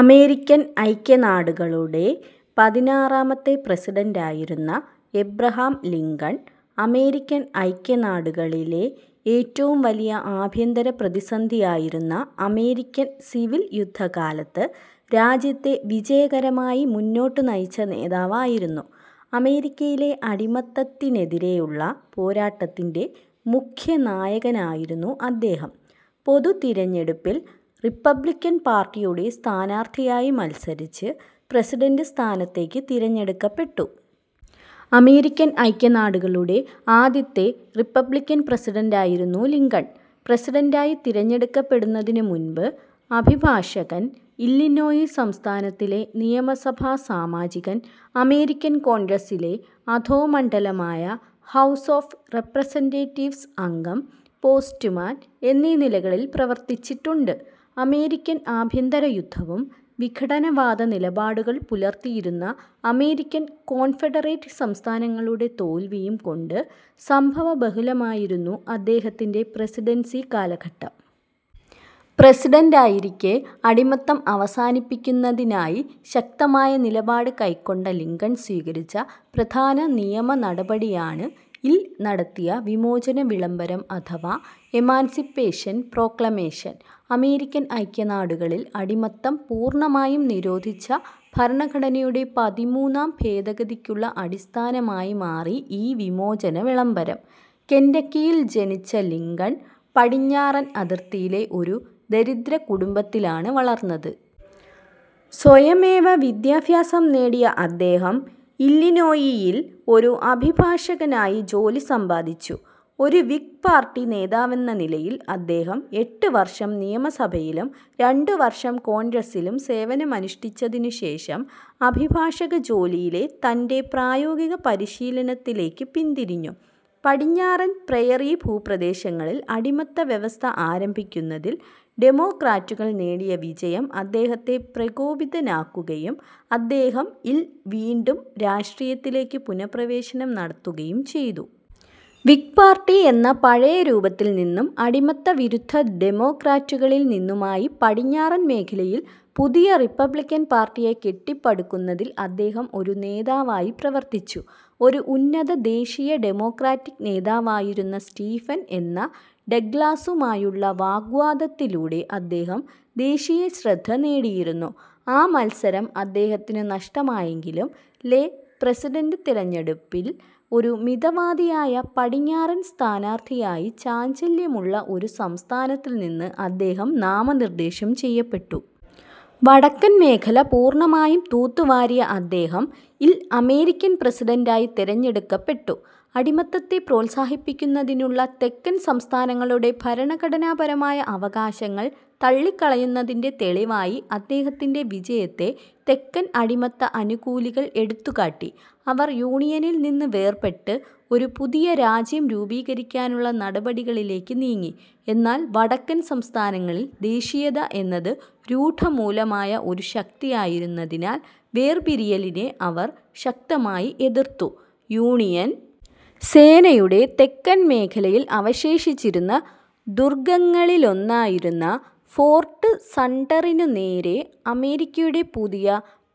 American ഐക്യനാടുകളുടെ പതിനാറാമത്തെ പ്രസിഡന്റായിരുന്ന എബ്രഹാം ലിങ്കൺ, അമേരിക്കൻ ഐക്യനാടുകളിലെ ഏറ്റവും വലിയ ആഭ്യന്തര പ്രതിസന്ധിയായിരുന്ന അമേരിക്കൻ സിവിൽ യുദ്ധകാലത്ത് രാജ്യത്തെ വിജയകരമായി മുന്നോട്ട് നയിച്ച നേതാവായിരുന്നു. അമേരിക്കയിലെ അടിമത്തത്തിനെതിരെയുള്ള പോരാട്ടത്തിൻ്റെ മുഖ്യനായകനായിരുന്നു അദ്ദേഹം. പൊതു തിരഞ്ഞെടുപ്പിൽ റിപ്പബ്ലിക്കൻ പാർട്ടിയുടെ സ്ഥാനാർഥിയായി മത്സരിച്ച് പ്രസിഡന്റ് സ്ഥാനത്തേക്ക് തിരഞ്ഞെടുക്കപ്പെട്ടു. അമേരിക്കൻ ഐക്യനാടുകളുടെ ആദ്യത്തെ റിപ്പബ്ലിക്കൻ പ്രസിഡന്റായിരുന്നു ലിങ്കൺ. പ്രസിഡന്റായി തിരഞ്ഞെടുക്കപ്പെടുന്നതിനു മുൻപ് അഭിഭാഷകൻ, ഇല്ലിനോയി സംസ്ഥാനത്തിലെ നിയമസഭാസാമാജികൻ, അമേരിക്കൻ കോൺഗ്രസ്സിലെ അധോമണ്ഡലമായ ഹൗസ് ഓഫ് റെപ്രസെന്റേറ്റീവ്സ് അംഗം, പോസ്റ്റ്മാൻ എന്നീ നിലകളിൽ പ്രവർത്തിച്ചിട്ടുണ്ട്. അമേരിക്കൻ ആഭ്യന്തര യുദ്ധവും വിഘടനവാദ നിലപാടുകൾ പുലർത്തിയിരുന്ന അമേരിക്കൻ കോൺഫെഡറേറ്റ് സംസ്ഥാനങ്ങളുടെ തോൽവിയും കൊണ്ട് സംഭവബഹുലമായിരുന്നു അദ്ദേഹത്തിൻ്റെ പ്രസിഡൻസി കാലഘട്ടം. പ്രസിഡന്റായിരിക്കെ അടിമത്തം അവസാനിപ്പിക്കുന്നതിനായി ശക്തമായ നിലപാട് കൈക്കൊണ്ട ലിങ്കൺ സ്വീകരിച്ച പ്രധാന നിയമനടപടിയാണ് ൽ നടത്തിയ വിമോചന വിളംബരം അഥവാ എമാൻസിപ്പേഷൻ പ്രോക്ലമേഷൻ. അമേരിക്കൻ ഐക്യനാടുകളിൽ അടിമത്തം പൂർണ്ണമായും നിരോധിച്ച ഭരണഘടനയുടെ പതിമൂന്നാം ഭേദഗതിക്കുള്ള അടിസ്ഥാനമായി മാറി ഈ വിമോചന വിളംബരം. കെന്റക്കിയിൽ ജനിച്ച ലിങ്കൺ പടിഞ്ഞാറൻ അതിർത്തിയിലെ ഒരു ദരിദ്ര കുടുംബത്തിലാണ് വളർന്നത്. സ്വയമേവ വിദ്യാഭ്യാസം നേടിയ അദ്ദേഹം ഇല്ലിനോയിയിൽ ഒരു അഭിഭാഷകനായി ജോലി സമ്പാദിച്ചു. ഒരു വിഗ് പാർട്ടി നേതാവെന്ന നിലയിൽ അദ്ദേഹം എട്ട് വർഷം നിയമസഭയിലും രണ്ടുവർഷം കോൺഗ്രസിലും സേവനമനുഷ്ഠിച്ചതിനുശേഷം അഭിഭാഷക ജോലിയിലെ തൻ്റെ പ്രായോഗിക പരിശീലനത്തിലേക്ക് പിന്തിരിഞ്ഞു. പടിഞ്ഞാറൻ പ്രയറി ഭൂപ്രദേശങ്ങളിൽ അടിമത്ത വ്യവസ്ഥ ആരംഭിക്കുന്നതിൽ ഡെമോക്രാറ്റുകൾ നേടിയ വിജയം അദ്ദേഹത്തെ പ്രകോപിതനാക്കുകയും അദ്ദേഹം ൽ വീണ്ടും രാഷ്ട്രീയത്തിലേക്ക് പുനഃപ്രവേശനം നടത്തുകയും ചെയ്തു. വിഗ് പാർട്ടി എന്ന പഴയ രൂപത്തിൽനിന്നും അടിമത്തവിരുദ്ധ ഡെമോക്രാറ്റുകളിൽനിന്നുമായി പടിഞ്ഞാറൻ മേഖലയിൽ പുതിയ റിപ്പബ്ലിക്കൻ പാർട്ടിയെ കെട്ടിപ്പടുക്കുന്നതിൽ അദ്ദേഹം ഒരു നേതാവായി പ്രവർത്തിച്ചു. ഒരു ഉന്നത ദേശീയ ഡെമോക്രാറ്റിക് നേതാവായിരുന്ന സ്റ്റീഫൻ എ ഡഗ്ലാസുമായുള്ള വാഗ്വാദത്തിലൂടെ അദ്ദേഹം ദേശീയ ശ്രദ്ധ നേടിയിരുന്നു. ആ മത്സരം അദ്ദേഹത്തിനു നഷ്ടമായെങ്കിലും ലെ പ്രസിഡന്റ് തിരഞ്ഞെടുപ്പിൽ ഒരു മിതവാദിയായ പടിഞ്ഞാറൻ സ്ഥാനാർത്ഥിയായി ചാഞ്ചല്യമുള്ള ഒരു സംസ്ഥാനത്തിൽനിന്ന് അദ്ദേഹം നാമനിർദ്ദേശം ചെയ്യപ്പെട്ടു. വടക്കൻ മേഖല പൂർണ്ണമായും തൂത്തുവാരിയ അദ്ദേഹം ൽ അമേരിക്കൻ പ്രസിഡന്റായി തിരഞ്ഞെടുക്കപ്പെട്ടു. അടിമത്തത്തെ പ്രോത്സാഹിപ്പിക്കുന്നതിനുള്ള തെക്കൻ സംസ്ഥാനങ്ങളുടെ ഭരണഘടനാപരമായ അവകാശങ്ങൾ തള്ളിക്കളയുന്നതിൻ്റെ തെളിവായി അദ്ദേഹത്തിൻ്റെ വിജയത്തെ തെക്കൻ അടിമത്ത അനുകൂലികൾ എടുത്തുകാട്ടി. അവർ യൂണിയനിൽ നിന്ന് വേർപെട്ട് ഒരു പുതിയ രാജ്യം രൂപീകരിക്കാനുള്ള നടപടികളിലേക്ക് നീങ്ങി. എന്നാൽ വടക്കൻ സംസ്ഥാനങ്ങളിൽ ദേശീയത എന്നത് രൂഢമൂലമായ ഒരു ശക്തിയായിരുന്നതിനാൽ വേർപിരിയലിനെ അവർ ശക്തമായി എതിർത്തു. യൂണിയൻ സേനയുടെ തെക്കൻ മേഖലയിൽ അവശേഷിച്ചിരുന്ന ദുർഗങ്ങളിലൊന്നായിരുന്ന ഫോർട്ട് സംട്ടറിനുനേരെ അമേരിക്കയുടെ പുതിയ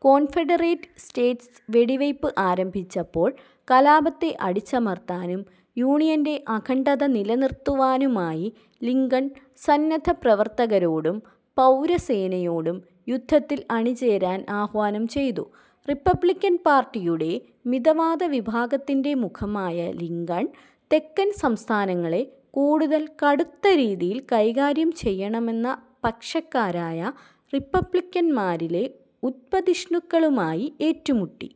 കോൺഫെഡറേറ്റ് സ്റ്റേറ്റ്സ് വെടിവയ്പ് ആരംഭിച്ചപ്പോൾ കലാപത്തെ അടിച്ചമർത്താനും യൂണിയൻ്റെ അഖണ്ഡത നിലനിർത്തുവാനുമായി ലിങ്കൺ സന്നദ്ധപ്രവർത്തകരോടും പൗരസേനയോടും യുദ്ധത്തിൽ അണിചേരാൻ ആഹ്വാനം ചെയ്തു. റിപ്പബ്ലിക്കൻ പാർട്ടിയുടെ മിതവാദ വിഭാഗത്തിൻ്റെ മുഖമായ ലിങ്കൺ, തെക്കൻ സംസ്ഥാനങ്ങളെ കൂടുതൽ കടുത്ത രീതിയിൽ കൈകാര്യം ചെയ്യണമെന്ന പക്ഷക്കാരായ റിപ്പബ്ലിക്കൻമാരിലെ ഉത്പതിഷ്ണുക്കളുമായി ഏറ്റുമുട്ടി.